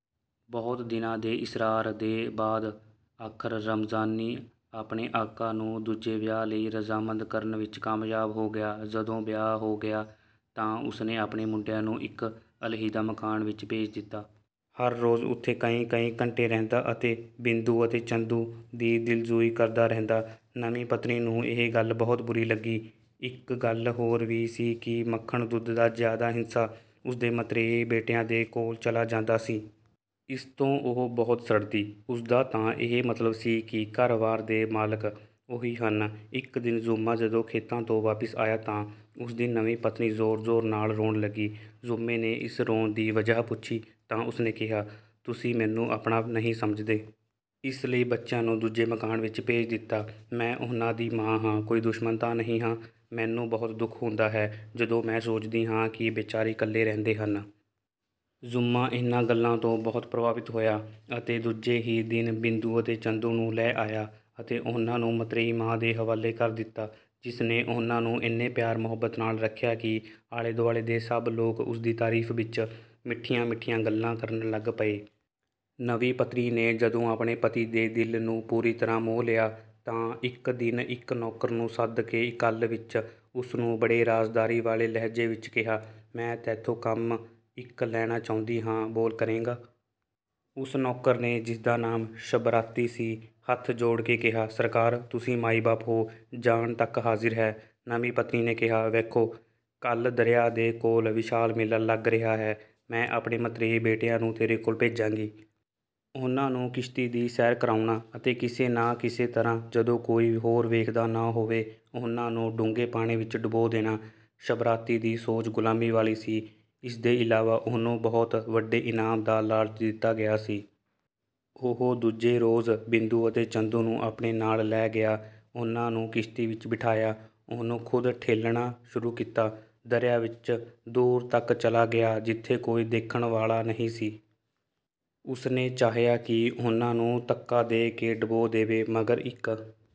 ਬਹੁਤ ਦਿਨਾਂ ਦੇ ਇਸਰਾਰ ਦੇ ਬਾਅਦ ਆਖ਼ਰ ਰਮਜ਼ਾਨੀ ਆਪਣੇ ਆਕਾ ਨੂੰ ਦੂਜੇ ਵਿਆਹ ਲਈ ਰਜ਼ਾਮੰਦ ਕਰਨ ਵਿੱਚ ਕਾਮਯਾਬ ਹੋ ਗਿਆ। ਜਦੋਂ ਵਿਆਹ ਹੋ ਗਿਆ ਤਾਂ ਉਸਨੇ ਆਪਣੇ ਮੁੰਡਿਆਂ ਨੂੰ ਇੱਕ ਅਲਹਿਦਾ ਮਕਾਨ ਵਿੱਚ ਭੇਜ ਦਿੱਤਾ। ਹਰ ਰੋਜ਼ ਉੱਥੇ ਕਈ ਕਈ ਘੰਟੇ ਰਹਿੰਦਾ ਅਤੇ ਬਿੰਦੂ ਅਤੇ ਚੰਦੂ ਦੀ ਦਿਲਜੂਈ ਕਰਦਾ ਰਹਿੰਦਾ। ਨਵੀਂ ਪਤਨੀ ਨੂੰ ਇਹ ਗੱਲ ਬਹੁਤ ਬੁਰੀ ਲੱਗੀ। ਇੱਕ ਗੱਲ ਹੋਰ ਵੀ ਸੀ ਕਿ ਮੱਖਣ-ਦੁੱਧ ਦਾ ਜ਼ਿਆਦਾ ਹਿੱਸਾ ਉਸਦੇ ਮਤਰੇਏ ਬੇਟਿਆਂ ਦੇ ਕੋਲ ਚਲਾ ਜਾਂਦਾ ਸੀ। ਇਸ ਤੋਂ ਉਹ ਬਹੁਤ ਸੜਦੀ, ਉਸਦਾ ਤਾਂ ਇਹ ਮਤਲਬ ਸੀ ਕਿ ਘਰ-ਵਾਰ ਦੇ ਮਾਲਿਕ ਉਹੀ ਹਨ। ਇੱਕ ਦਿਨ ਜੁੰਮਾ ਜਦੋਂ ਖੇਤਾਂ ਤੋਂ ਵਾਪਸ ਆਇਆ ਤਾਂ ਉਸਦੀ ਨਵੀਂ ਪਤਨੀ ਜ਼ੋਰ-ਜ਼ੋਰ ਨਾਲ ਰੋਣ ਲੱਗੀ। ਜੁੰਮੇ ਨੇ ਇਸ ਰੋਣ ਦੀ ਵਜ੍ਹਾ ਪੁੱਛੀ ਤਾਂ ਉਸਨੇ ਕਿਹਾ, ਤੁਸੀਂ ਮੈਨੂੰ ਆਪਣਾ ਨਹੀਂ ਸਮਝਦੇ। ਇਸ ਲਈ ਬੱਚਿਆਂ ਨੂੰ ਦੂਜੇ ਮਕਾਨ ਵਿੱਚ ਭੇਜ ਦਿੱਤਾ। ਮੈਂ ਉਨ੍ਹਾਂ ਦੀ ਮਾਂ ਹਾਂ, ਕੋਈ ਦੁਸ਼ਮਨ ਤਾਂ ਨਹੀਂ ਹਾਂ। ਮੈਨੂੰ ਬਹੁਤ ਦੁੱਖ ਹੁੰਦਾ ਹੈ ਜਦੋਂ ਮੈਂ ਸੋਚਦੀ ਹਾਂ ਕਿ ਬੇਚਾਰੇ ਇਕੱਲੇ ਰਹਿੰਦੇ ਹਨ। ਜੁੰਮਾ ਇਨ੍ਹਾਂ ਗੱਲਾਂ ਤੋਂ ਬਹੁਤ ਪ੍ਰਭਾਵਿਤ ਹੋਇਆ ਅਤੇ ਦੂਜੇ ਹੀ ਦਿਨ ਬਿੰਦੂ ਅਤੇ ਚੰਦੂ ਨੂੰ ਲੈ ਆਇਆ ਅਤੇ ਉਨ੍ਹਾਂ ਨੂੰ ਮਤ੍ਰੇਈ ਮਾਂ ਦੇ ਹਵਾਲੇ ਕਰ ਦਿੱਤਾ ਜਿਸ ਨੇ ਉਨ੍ਹਾਂ ਨੂੰ ਇੰਨੇ ਪਿਆਰ-ਮੁਹੱਬਤ ਨਾਲ਼ ਰੱਖਿਆ ਕਿ ਆਲੇ ਦੁਆਲੇ ਦੇ ਸਭ ਲੋਕ ਉਸਦੀ ਤਾਰੀਫ਼ ਵਿੱਚ ਮਿੱਠੀਆਂ ਮਿੱਠੀਆਂ ਗੱਲਾਂ ਕਰਨ ਲੱਗੇ ਪਏ। ਨਵੀਂ ਪਤਨੀ ਨੇ ਜਦੋਂ ਆਪਣੇ ਪਤੀ ਦੇ ਦਿਲ ਨੂੰ ਪੂਰੀ ਤਰ੍ਹਾਂ ਮੋਹ ਲਿਆ ਤਾਂ ਇੱਕ ਦਿਨ ਇੱਕ ਨੌਕਰ ਨੂੰ ਸੱਦ ਕੇ ਇਕੱਲ ਵਿੱਚ ਉਸ ਨੂੰ ਬੜੇ ਰਾਜ਼ਦਾਰੀ ਵਾਲੇ ਲਹਿਜੇ ਵਿੱਚ ਕਿਹਾ, "ਮੈਂ ਤੈਥੋਂ ਕੰਮ ਇੱਕ ਲੈਣਾ ਚਾਹੁੰਦੀ ਹਾਂ, ਬੋਲ ਕਰੇਂਗਾ?" ਉਸ ਨੌਕਰ ਨੇ ਜਿਸਦਾ ਨਾਮ ਸ਼ਬਰਾਤੀ ਸੀ, ਹੱਥ ਜੋੜ ਕੇ ਕਿਹਾ, "ਸਰਕਾਰ! ਤੁਸੀਂ ਮਾਈ-ਬਾਪ ਹੋ, ਜਾਨ ਤੱਕ ਹਾਜ਼ਿਰ ਹੈ।" ਨਵੀਂ ਪਤਨੀ ਨੇ ਕਿਹਾ, "ਵੇਖੋ, ਕੱਲ ਦਰਿਆ ਦੇ ਕੋਲ ਵਿਸ਼ਾਲ ਮੇਲਾ ਲੱਗ ਰਿਹਾ ਹੈ, ਮੈਂ ਆਪਣੇ ਮਤਰੇਏ ਬੇਟਿਆਂ ਨੂੰ ਤੇਰੇ ਕੋਲ਼ ਭੇਜਾਂਗੀ। ਉਨ੍ਹਾਂ ਨੂੰ ਕਿਸ਼ਤੀ ਦੀ ਸੈਰ ਕਰਾਉਣਾ ਅਤੇ ਕਿਸੇ ਨਾ ਕਿਸੇ ਤਰ੍ਹਾਂ ਜਦੋਂ ਕੋਈ ਹੋਰ ਵੇਖਦਾ ਨਾ ਹੋਵੇ ਉਨ੍ਹਾਂ ਨੂੰ ਡੂੰਘੇ ਪਾਣੀ ਵਿੱਚ ਡੁਬੋ ਦੇਣਾ।" ਸ਼ਬਰਾਤੀ ਦੀ ਸੋਚ ਗੁਲਾਮਾਂ ਵਾਲੀ ਸੀ, ਇਸਦੇ ਇਲਾਵਾ ਉਹਨੂੰ ਬਹੁਤ ਵੱਡੇ ਇਨਾਮ ਦਾ ਲਾਲਚ ਦਿੱਤਾ ਗਿਆ ਸੀ। ਉਹ ਦੂਜੇ ਰੋਜ਼ ਬਿੰਦੂ ਅਤੇ ਚੰਦੂ ਨੂੰ ਆਪਣੇ ਨਾਲ਼ ਲੈ ਗਿਆ। ਉਨ੍ਹਾਂ ਨੂੰ ਕਿਸ਼ਤੀ ਵਿੱਚ ਬਿਠਾਇਆ, ਉਹਨੂੰ ਖ਼ੁਦ ਠੇਲ੍ਹਣਾ ਸ਼ੁਰੂ ਕੀਤਾ। ਦਰਿਆ ਵਿੱਚ ਦੂਰ ਤੱਕ ਚਲਾ ਗਿਆ, ਜਿੱਥੇ ਕੋਈ ਦੇਖਣ ਵਾਲਾ ਨਹੀਂ ਸੀ। ਉਸਨੇ ਚਾਹਿਆ ਕਿ ਉਨ੍ਹਾਂ ਨੂੰ ਧੱਕਾ ਦੇ ਕੇ ਡੁਬੋ ਦੇਵੇ ਮਗਰ ਇੱਕ